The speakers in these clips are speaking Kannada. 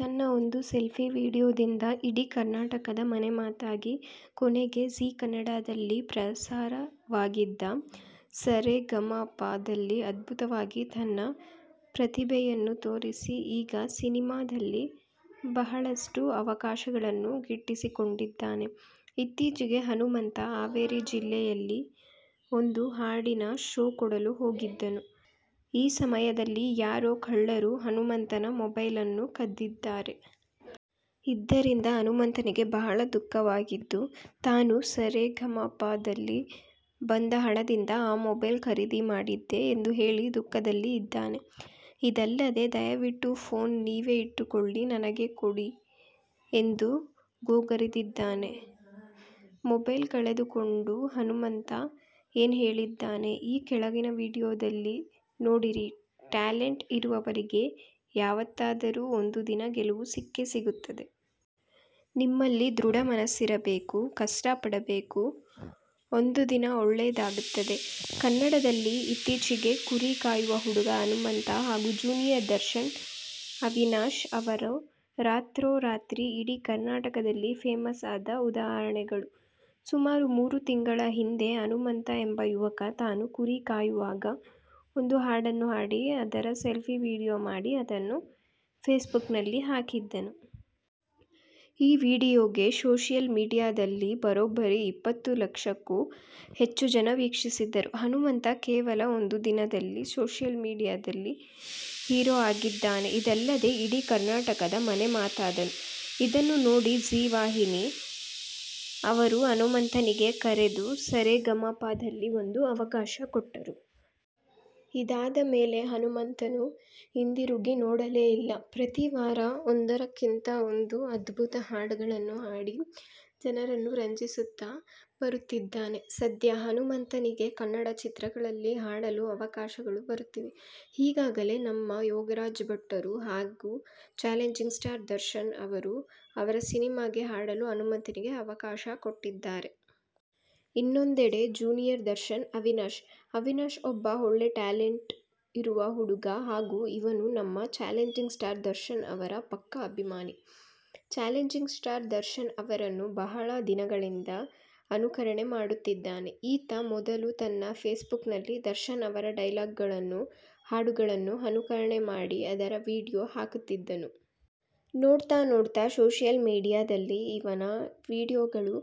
ತನ್ನ ಒಂದು ಸೆಲ್ಫಿ ವಿಡಿಯೋ ದಿಂದ ಇಡೀ ಕರ್ನಾಟಕದ ಮನೆ ಮಾತಾಗಿ ಕೊನೆಗೆ ಝೀ ಕನ್ನಡದಲ್ಲಿ ಪ್ರಸಾರವಾಗಿದ್ದ ಸ ರೇ ಗ ಮ ಪ ದಲ್ಲಿ ಅದ್ಭುತ ವಾಗಿ ತನ್ನ ಪ್ರತಿಭೆಯನ್ನು ತೋರಿಸಿ ಈಗ ಸಿನಿಮಾ ದಲ್ಲಿ ಬಹಳಷ್ಟು ಅವಕಾಶ ಗಳನ್ನೂ ಗಿಟ್ಟಿಸಿಕೊಂಡಿದ್ದಾನೆ. ಇತ್ತೀಚಿಗೆ ಹನುಮಂತ ಹಾವೇರಿ ಜಿಲ್ಲೆಯಲ್ಲಿ ಒಂದು ಹಾಡಿನ ಷೋ ಕೊಡಲು ಹೋಗಿದ್ದನು, ಈ ಸಮಯದಲ್ಲಿ ಯಾರೋ ಕಳ್ಳರು ಹನುಮಂತನ ಮೊಬೈಲ್ ಅನ್ನು ಕದ್ದಿದ್ದಾರೆ. ಇದ್ದರಿಂದ ಹನುಮಂತನಿಗೆ ಬಹಳ ದುಃಖವಾಗಿದ್ದು, ತಾನು ಸ ರೇ ಗ ಮ ಪ ದಲ್ಲಿ ಬಂದ ಹಣದಿಂದ ಆ ಮೊಬೈಲ್ ಖರೀದಿ ಮಾಡಿದ್ದೆ ಎಂದು ಹೇಳಿ ದುಃಖದಲ್ಲಿ ಇದ್ದಾನೆ. ಇದಲ್ಲದೆ ದಯವಿಟ್ಟು ಫೋನ್ ನೀವೇ ಇಟ್ಟುಕೊಳ್ಳಿ ನನಗೆ ಕೊಡಿ ಎಂದು ಗೋಗರಿದಿದ್ದಾನೆ. ಮೊಬೈಲ್ ಕಳೆದುಕೊಂಡು ಹನುಮಂತ ಏನ್ ಹೇಳಿದ್ದಾನೆ ಈ ಕೆಳಗಿನ ವಿಡಿಯೋದಲ್ಲಿ ನೋಡಿರಿ ಟ್ಯಾಲೆಂಟ್ ಇರುವವರಿಗೆ ಯಾವತ್ತಾದರೂ ಒಂದು ದಿನ ಗೆಲುವು ಸಿಕ್ಕೇ ಸಿಗುತ್ತದೆ. ನಿಮ್ಮಲ್ಲಿ ದೃಢ ಮನಸ್ಸಿರಬೇಕು, ಕಷ್ಟ ಪಡಬೇಕು. ಒಂದು ದಿನ ಒಳ್ಳೇದ್ ಆಗುತ್ತದೆ. ಕನ್ನಡದಲ್ಲಿ ಇತ್ತೀಚಿಗೆ ಕುರಿ ಕಾಯುವ ಹುಡುಗ ಹನುಮಂತ ಹಾಗು ಜೂನಿಯರ್ ದರ್ಶನ್ ಅವಿನಾಶ್ ಅವರು ರಾತ್ರೋ ರಾತ್ರಿ ಇಡೀ ಕರ್ನಾಟಕದಲ್ಲಿ ಫೇಮಸ್ ಆದ ಉದಾಹರಣೆಗಳು. ಸುಮಾರು ಮೂರು ತಿಂಗಳ ಹಿಂದೆ ಹನುಮಂತ ಎಂಬ ಯುವಕ ತಾನು ಕುರಿ ಕಾಯುವಾಗ ಒಂದು ಹಾಡನ್ನು ಹಾಡಿ ಅದರ ಸೆಲ್ಫಿ ವಿಡಿಯೋ ಮಾಡಿ ಅದನ್ನು ಫೇಸ್ಬುಕ್ ನಲಿ ಹಾಕಿದ್ದನು. ಈ ವಿಡಿಯೋಗೆ ಸೋಶಿಯಲ್ ಮೀಡಿಯಾದಲ್ಲಿ ಬರೋಬ್ಬರಿ ಇಪ್ಪತ್ತು ಲಕ್ಷಕ್ಕೂ ಹೆಚ್ಚು ಜನ ವೀಕ್ಷಿಸಿದ್ದರು. ಹನುಮಂತ ಕೇವಲ ಒಂದು ದಿನದಲ್ಲಿ ಸೋಶಿಯಲ್ ಮೀಡಿಯಾ ದಲ್ಲಿ ಹೀರೋ ಆಗಿದ್ದನು. ಇದಲ್ಲದೆ ಇಡೀ ಕರ್ನಾಟಕದ ಮನೆ ಮಾತಾದನು. ಇದನ್ನು ನೋಡಿ ಜಿ ವಾಹಿನಿ ಅವರು ಹನುಮಂತನಿಗೆ ಕರೆದು ಸ ರೇ ಗ ಮ ಪ ದಲ್ಲಿ ಒಂದು ಅವಕಾಶ ಕೊಟ್ಟರು. ಇದಾದ ಮೇಲೆ ಹನುಮಂತನು ಹಿಂದುರುಗಿ ನೋಡಲೇ ಇಲ್ಲ. ಪ್ರತೀ ವಾರ ಒಂದರಕ್ಕಿಂತ ಒಂದು ಅದ್ಭುತ ಹಾಡುಗಳನ್ನು ಹಾಡಿ ಜನರನ್ನು ರಂಜಿಸುತ್ತಾ ಬರುತ್ತಿದ್ದಾನೆ. ಸದ್ಯ ಹನುಮಂತ ನಿಗೆ ಕನ್ನಡ ಚಿತ್ರಗಳಲ್ಲಿ ಹಾಡಲು ಅವಕಾಶಗಳು ಬರುತ್ತಿವೆ. ಈಗಾಗಲೇ ನಮ್ಮ ಯೋಗರಾಜ್ ಭಟ್ಟರು ಹಾಗು ಚಾಲೆಂಜಿಂಗ್ ಸ್ಟಾರ್ ದರ್ಶನ್ ಅವರು ಅವರ ಸಿನೆಮಾಗೆ ಹಾಡಲು ಹನುಮಂತನಿಗೆ ಅವಕಾಶ ಕೊಟ್ಟಿದ್ದಾರೆ. ಇನ್ನೊಂದೆಡೆ ಜೂನಿಯರ್ ದರ್ಶನ್ ಅವಿನಾಶ್! ಅವಿನಾಶ್ ಒಬ್ಬ ಒಳ್ಳೆ ಟ್ಯಾಲೆಂಟ್ ಇರುವ ಹುಡುಗ ಹಾಗು ಇವನು ನಮ್ಮ ಚಾಲೆಂಜಿಂಗ್ ಸ್ಟಾರ್ ದರ್ಶನ್ ಅವರ ಪಕ್ಕಾ ಅಭಿಮಾನಿ. ಚಾಲೆಂಜಿಂಗ್ ಸ್ಟಾರ್ ದರ್ಶನ್ ಅವರನ್ನು ಬಹಳ ದಿನಗಳಿಂದ ಅನುಕರಣೆ ಮಾಡುತ್ತಿದ್ದಾನೆ. ಈತ ಮೊದಲು ತನ್ನ ಫೇಸ್ಬುಕ್ ನಲ್ಲಿ, ದರ್ಶನ್ ಅವರ ಡೈಲಾಗ್ ಗಳನ್ನೂ, ಹಾಡುಗಳನ್ನು ಅನುಕರಣೆ ಮಾಡಿ ಅದರ ವಿಡಿಯೋ ಹಾಕುತ್ತಿದ್ದನು. ನೋಡ್ತಾ ನೋಡ್ತಾ ಸೋಶಿಯಲ್ ಮೀಡಿಯಾ ದಲ್ಲಿ ಇವನ ವಿಡಿಯೋ ಗಳು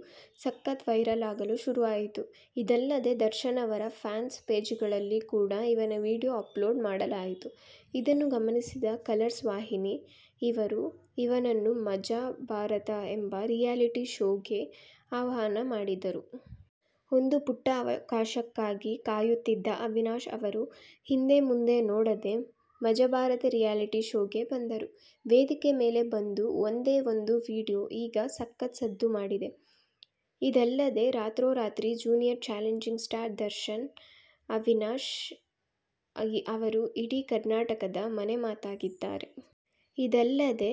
ಸಕತ್ ವೈರಲ್ ಆಗಲು ಶುರು ಆಯಿತು. ಇದಲ್ಲದೆ ದರ್ಶನ್ ಅವರ ಫ್ಯಾನ್ ಪೇಜ್ಗಳಲ್ಲಿ ಕೂಡ ಇವನ ವಿಡಿಯೋ ಅಪ್ಲೋಡ್ ಮಾಡಲಾಯಿತು. ಇದನ್ನು ಗಮನಿಸಿದ ಕಲರ್ಸ್ ವಾಹಿನಿ ಅವರು ಇವನನ್ನು ಮಜಭಾರತ ಎಂಬ ರಿಯಾಲಿಟಿ ಶೋಗೆ ಆಹ್ವಾನ ಮಾಡಿದರು. ಒಂದು ಪುಟ್ಟ ಅವಕಾಶಕ್ಕಾಗಿ ಕಾಯುತ್ತಿದ್ದ ಅವಿನಾಶ್ ಅವರು ಹಿಂದೆ ಮುಂದೆ ನೋಡದೆ ಮಜಭಾರತ ರಿಯಾಲಿಟಿ ಶೋಗೆ ಬಂದರು. ವೇದಿಕೆ ಮೇಲೆ ಬಂದ ಒಂದೇ ಒಂದು ವಿಡಿಯೋ ಈಗ ಸಕತ್ ಸದ್ದು ಮಾಡಿದೆ. ಇದಲ್ಲದೆ ರಾತ್ರೋ ರಾತ್ರಿ junior challenging star Darshan Avinash ಅವರು ಇಡೀ ಕರ್ನಾಟಕದ ಮನೆ ಮಾತಾಗಿದ್ದಾರೆ. ಇದಲ್ಲದೆ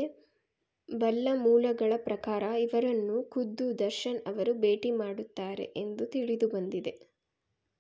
ಬಲ್ಲ ಮೂಲಗಳ ಪ್ರಕಾರ ಇವರನ್ನು ಕುದ್ದು ದರ್ಶನ್ ಅವರು ಭೇಟಿ ಮಾಡುತ್ತಾರೆ ಎಂದು ತಿಳಿದು ಬಂದಿದೆ.